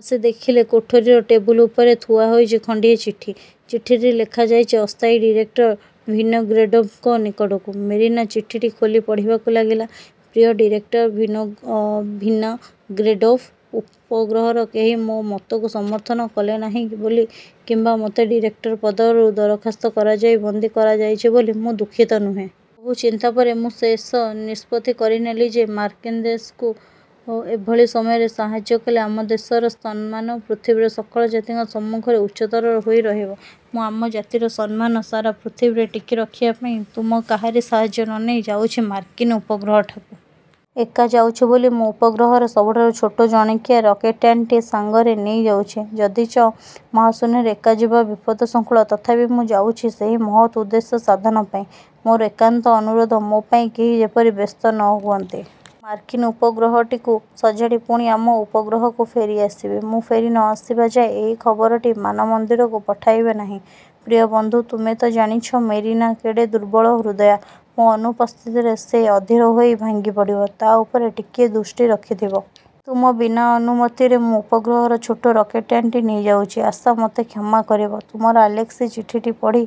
ଆସି ଦେଖିଲେ କୋଠରିର ଟେବୁଲ ଉପରେ ଥୁଆହୋଇଛି ଖଣ୍ଡିଏ ଚିଠି। ଚିଠିଟି ଲେଖାଯାଇଛି ଅସ୍ଥାୟୀ ଡିରେକ୍ଟର ଭିନୋଗ୍ରେଡ଼ୋଭ୍ଙ୍କ ନିକଟକୁ। ମେରିନା ଚିଠିଟି ଖୋଲି ପଢ଼ିବାକୁ ଲାଗିଲା– ପ୍ରିୟ ଡିରେକ୍ଟର ଭିନୋଗ୍ରେଡ଼ୋଭ୍, ଉପଗ୍ରହର କେହି ମୋ ମତକୁ ସମର୍ଥନ କଲେ ନାହିଁ ବୋଲି କିମ୍ବା ମୋତେ ଡିରେକ୍ଟର ପଦରୁ ଦରଖାସ୍ତ କରାଯାଇ ବନ୍ଦୀ କରାଯାଇଛି ବୋଲି ମୁଁ ଦୁଃଖିତ ନୁହେଁ। ବହୁ ଚିନ୍ତା ପରେ ମୁଁ ଶେଷ ନିଷ୍ପତ୍ତି କରିନେଲି ଯେ, ମାର୍କିନ୍ଦେଶକୁ ଏଭଳି ସମୟରେ ସାହାଯ୍ୟ କଲେ ଆମ ଦେଶର ସମ୍ମାନ ପୃଥିବୀର ସକଳ ଜାତିଙ୍କ ସମ୍ମୁଖରେ ଉଚ୍ଚତର ହୋଇ ରହିବ। ମୁଁ ଆମ ଜାତିର ସମ୍ମାନ ସାରା ପୃଥିବୀରେ ଟେକି ରଖିବା ପାଇଁ ତୁମ କାହାରି ସାହାଯ୍ୟ ନନେଇ ଯାଉଛି ମାର୍କିନ୍ ଉପଗ୍ରହଠାକୁ। ଏକା ଯାଉଛି ବୋଲି ମୁଁ ଉପଗ୍ରହର ସବୁଠାରୁ ଛୋଟ ଜଣକିଆ ରକେଟ୍ଯାନଟି ସଙ୍ଗରେ ନେଇ ଯାଉଛି। ଯଦିଚ ମହାଶୂନ୍ୟରେ ଏକା ଯିବା ବିପଦସଂକୁଳ, ତଥାପି ମୁଁ ଯାଉଛି ସେହି ମହତ୍ଉଦ୍ଦେଶ୍ୟ ସାଧନ ପାଇଁ। ମୋର ଏକାନ୍ତ ଅନୁରୋଧ, ମୋ ପାଇଁ କେହି ଯେପରି ବ୍ୟସ୍ତ ନ ହୁଅନ୍ତି। ମୁଁ ମାର୍କିନ୍ ଉପଗ୍ରହଟିକୁ ସଜାଡ଼ି ପୁଣି ଆମ ଉପଗ୍ରହକୁ ଫେରିଆସିବି। ମୁଁ ଫେରି ନ ଆସିବା ଯାଏଁ, ଏହି ଖବରଟି ମାନମନ୍ଦିରକୁ ପଠାଇବ ନାହିଁ। ପ୍ରିୟ ବନ୍ଧୁ, ତୁମେ ତ ଜାଣିଛ ମେରିନା କେଡ଼େ ଦୁର୍ବଳହୃଦୟା। ମୋ ଅନୁପସ୍ଥିତିରେ ସେ ଅଧୀର ହୋଇ ଭାଙ୍ଗିଫଡ଼ିବ। ତା' ଉପରେ ଟିକିଏ ଦୃଷ୍ଟି ରଖିଥିବ। ତୁମ ବିନାନୁମତିରେ ମୁଁ ଉପଗ୍ରହର ଛୋଟ ରକେଟ୍ଯାନଟି ନେଇ ଯାଉଛି। ଆଶା, ମୋତେ କ୍ଷମା କରିବ। ତୁମର ଆଲେସ୍କି ଚିଠିଟି ପଢ଼ି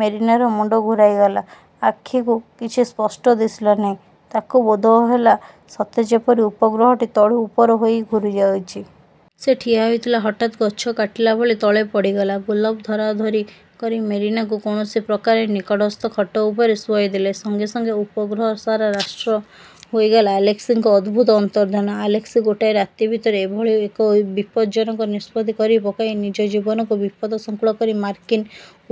ମେରିନାର ମୁଣ୍ଡ ଘୂରାଇଗଲା। ଆଖିକୁ କିଛି ସ୍ପଷ୍ଟ ଦିଶିଲା ନାହିଁ। ତାକୁ ବୋଧହେଲା ସତେ ଯେପରି ଉପଗ୍ରହଟି ତଳୁ ଉପର ହୋଇ ଘୂରିଯାଉଛି। ସେ ଠିଆ ହୋଇଥିଲା, ହଠାତ୍ଗଛ କାଟିଲଭଳି ତଳେ ପଡ଼ିଗଲା। ଗୋଲେଭ୍ ଧରାଧରି କରି ମେରିନାକୁ କୌଣସି ପ୍ରକାରେ ନିକଟସ୍ଥ ଖଟ ଉପରେ ଶୁଆଇଦେଲେ। ସଙ୍ଗେ ସଙ୍ଗେ ଉପଗ୍ରହ ସାରା ରାଷ୍ଟ୍ର ହୋଇଗଲା ଆଲେସ୍କିଙ୍କ ଅଦ୍ଭୁତ ଅନ୍ତର୍ଦ୍ଧାନ। ଆଲେସ୍କି ଗୋଟାଏ ରାତି ଭିତରେ ଏଭଳି ଏକ ବିପଦ୍ଜନକ ନିଷ୍ପତ୍ତି କରି ପକାଇ ନିଜ ଜୀବନକୁ ବିପଦସଂକୁଳ କରି ମାର୍କିନ୍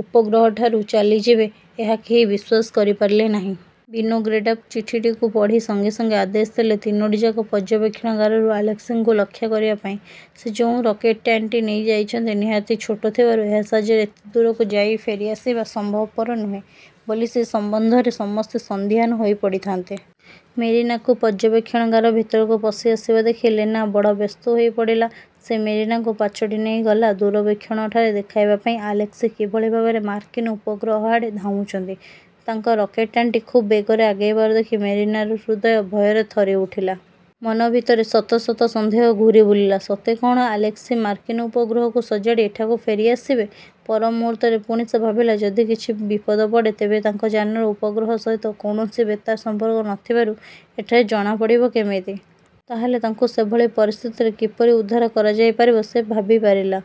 ଉପଗ୍ରହଠାରୁ ଚାଲିଯିବେ, ଏହା କେହି ବିଶ୍ୱାସ କରିପାରିଲେ ନାହିଁ। ଭିନୋଗ୍ରେଡ଼ୋଭ୍ ଚିଠିଟିକୁ ପଢ଼ି ସଙ୍ଗେ ସଙ୍ଗେ ଆଦେଶ ଦେଲେ, ତିନୋଟିଯାକ ପର୍ଯ୍ୟବେକ୍ଷଣାଗାରରୁ ଆଲେସ୍କିଙ୍କୁ ଲକ୍ଷ୍ୟ କରିବା ପାଇଁ। ସେ ଯେଉଁ ରକେଟ୍ଯାନଟି ନେଇ ଯାଇଛନ୍ତି, ନିହାତି ଛୋଟ ଥିବାରୁ ଏହା ସାହାଯ୍ୟରେ ଏତେ ଦୂରକୁ ଯାଇ ଫେରିଆସିବା ସମ୍ଭବପର ନୁହେଁ ବୋଲି ସେ ସମ୍ବନ୍ଧରେ ସମସ୍ତେ ସନ୍ଦିହାନ ହୋଇପଡ଼ିଥାନ୍ତି। ମେରିନାକୁ ପର୍ଯ୍ୟବେକ୍ଷଣାଗାର ଭିତରକୁ ପଶି ଆସିବା ଦେଖି ଲେନା ବଡ଼ ବ୍ୟସ୍ତ ହୋଇପଡ଼ିଲା। ସେ ମେରିନାକୁ ପାଛୋଟି ନେଇ ଗଲା ଦୂରବୀକ୍ଷଣଠାରେ ଦେଖାଇବା ପାଇଁ ଆଲେସ୍କି କିଭଳି ଭାବରେ ମାର୍କିନ୍। ଉପଗ୍ରହ ଆଡ଼େ ଧାଉଁଛନ୍ତି। ତାଙ୍କ ରକେଟ୍ଯାନଟି ଖୁବ୍ବେଗରେ ଆଗେଇବାର ଦେଖି ମେରିନାର ହୃଦୟ ଭୟରେ ଥରି ଉଠିଲା। ମନ ଭିତରେ ଶତ ଶତ ସନ୍ଦେହ ଘୂରି ବୁଲିଲା, ''ସତେ କଅଣ ଆଲେସ୍କି ମାର୍କିନ୍ ଉପଗ୍ରହକୁ ସଜାଡ଼ି ଏଠାକୁ ଫେରିଆସିବେ? '' ପରମୁହୂର୍ତ୍ତରେ ପୁଣି ସେ ଭାବିଲା, ଯଦି କିଛି ବିପଦ ପଡ଼େ ତେବେ ତାଙ୍କ ଯାନର ଉପଗ୍ରହ ସହିତ କୌଣସି ବେତାର ସଂପର୍କ ନଥିବାରୁ ଏଠାରେ ଜଣାପଡ଼ିବ କେମିତି? ତା'ହେଲେ ତାଙ୍କୁ ସେଭଳି ପରିସ୍ଥିତିରେ କିପରି ଉଦ୍ଧାର କରାଯାଇ ପାରିବ, ସେ ଭାବି ପାରିଲା